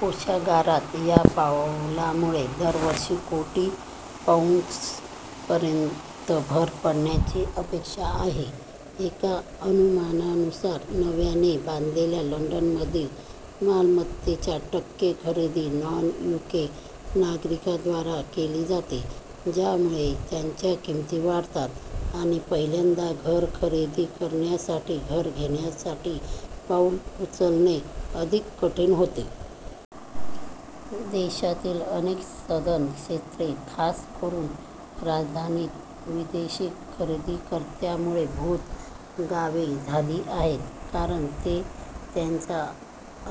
कोषागारात या पावलामुळे दरवर्षी कोटी पाउंड्सपर्यंत भर पडण्याची अपेक्षा आहे. एका अनुमानानुसार, नव्याने बांधलेल्या लंडनमधील मालमत्तांचच्या टक्के खरेदी नॉन-यूके नागरिकांद्वारा केली जाते, ज्यामुळे त्यांच्या किमती वाढतात आणि पहिल्यांदा घर खरेदी करणाऱ्यांसाठी घर घेण्यासाठी पाऊल उचलणे अधिक कठीण होते. देशातील अनेक सधन क्षेत्रे – खास करून राजधानीत – विदेशी खरेदीकर्त्यांमुळे "भूत गावे" झाली आहेत, कारण ते त्यांचा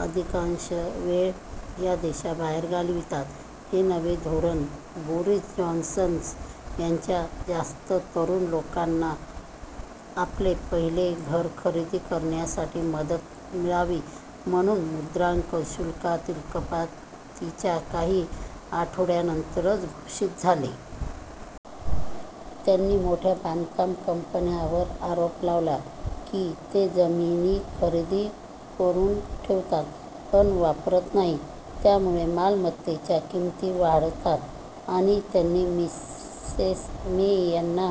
अधिकांश वेळ या देशाबाहेर घालवितात. हे नवे धोरण बोरिस जॉन्सन यांच्या जास्त तरुण लोकांना आपले पहिले घर खरेदी करण्यासाठी मदत मिळावी म्हणून मुद्रांक शुल्कातील कपातीच्या काही आठवड्यानंतरच घोषित झाले. त्यांनी मोठ्या बांधकाम कंपन्यांवर आरोप लावला की ते जमिनी खरेदी करून ठेवतात पण वापरत नाहीत त्यामुळे मालमत्तेच्या किमती वाढतात, आणि त्यांनी मिसेस मे यांना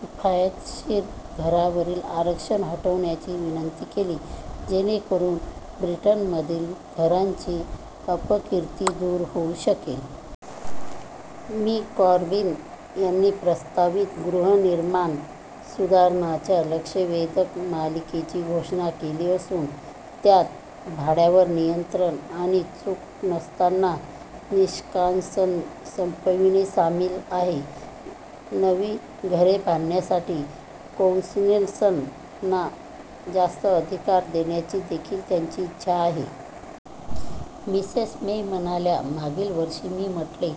किफायतशीर घरांवरील आरक्षण हटविण्याची विनंती केली, जेणेकरून ब्रिटनमधील "घरांची अपकीर्ती" दूर होऊ शकेल. " मि. कॉर्बीन यांनी प्रस्तावित गृहनिर्माण सुधारणांच्या लक्षवेधक मालिकेची घोषणा केली असून, त्यात भाड्यावर नियंत्रण आणि "चूक नसताना" निष्कासन संपविणे सामील आहे. नवी घरे बांधण्यासाठी कौन्सिल्सना जास्त अधिकार देण्याची देखील त्यांची इच्छा आहे. मिसेस मे म्हणाल्या: "मागील वर्षी मी म्हटले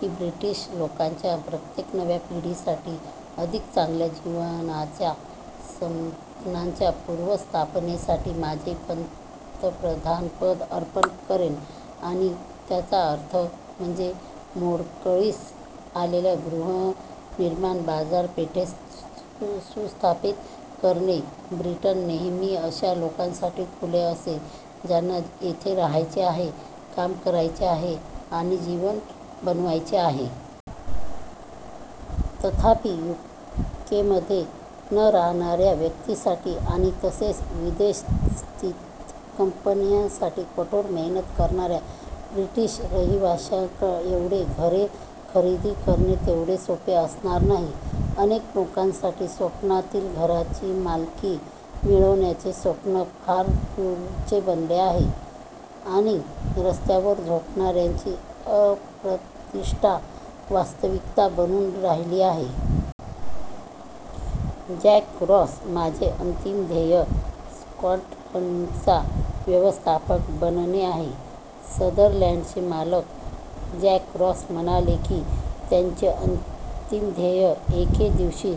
की ब्रिटीश लोकांच्या प्रत्येक नव्या पिढीसाठी अधिक चांगल्या जीवनाच्या स्वप्नांच्या पुनर्स्थापनेसाठी माझे पंतप्रधानपद अर्पण करेन. आणि त्याचा अर्थ म्हणजे मोडकळीस आलेल्या गृहनिर्माण बाजारपेठेस सुस्थापित करणे. ब्रिटन नेहमी अशा लोकांसाठी खुले असेल ज्यांना येथे राहायचे आहे, काम करायचे आहे आणि जीवन बनवायचे आहे. तथापि, यूकेमध्ये न राहणाऱ्या व्यक्तींसाठी आणि तसेच विदेश-स्थित कंपन्यांसाठी कठोर मेहनत करणाऱ्या ब्रिटीश रहिवाश्यांएवढे घरे खरेदी करणे तेवढे सोपे असणार नाही. अनेक लोकांसाठी स्वप्नातील घराची मालकी मिळविण्याचे स्वप्न फार दूरचे बनले आहे, आणि रस्त्यावर झोपणाऱ्यांची अप्रतिष्ठा वास्तविकता बनून राहिली आहे. जॅक रॉस: "माझे अंतिम ध्येय स्कॉटलंडचा व्यवस्थापक बनणे आहे" संदरलँडचे मालक जॅक रॉस म्हणाले की त्यांचे "अंतिम ध्येय" एके दिवशी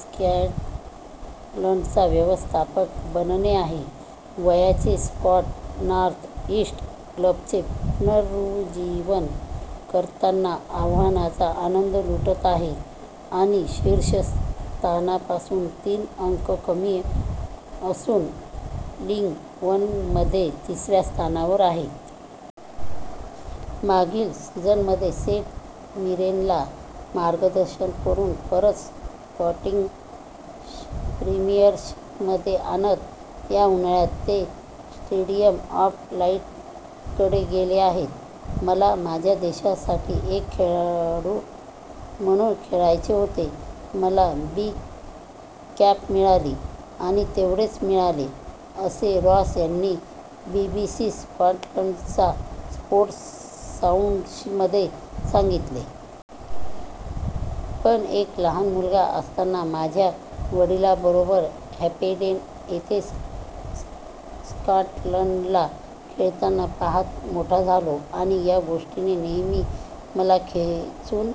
स्कॉटलंडचा व्यवस्थापक बनणे आहे. वयाचे स्कॉट, नॉर्थ-इस्ट क्लबचे पुनरुज्जीवन करताना आव्हानांचा आनंद लुटत आहेत, आणि शीर्ष स्थानापासून तीन अंक कमी असून लीग वनमध्ये तिसऱ्या स्थानावर आहेत. मागील सीझनमध्ये सेंट मीरेनला मार्गदर्शन करून परत स्कॉटिश प्रीमियरशिपमध्ये आणत या उन्हाळ्यात ते स्टेडीयम ऑफ लाईटकडे गेले आहेत. "मला माझ्या देशासाठी एक खेळाडू म्हणून खेळायचे होते. मला बी कॅप मिळाली आणि तेवढेच मिळाले," असे रॉस यांनी बीबीसी स्कॉटलंडच्या स्पोर्ट्ससाऊंडमध्ये सांगितले. "पण एक लहान मुलगा असताना माझ्या वडिलांबरोबर हँपडेन येथे स्कॉटलंडला खेळताना पहात मोठा झालो, आणि या गोष्टीने नेहमी मला खेचून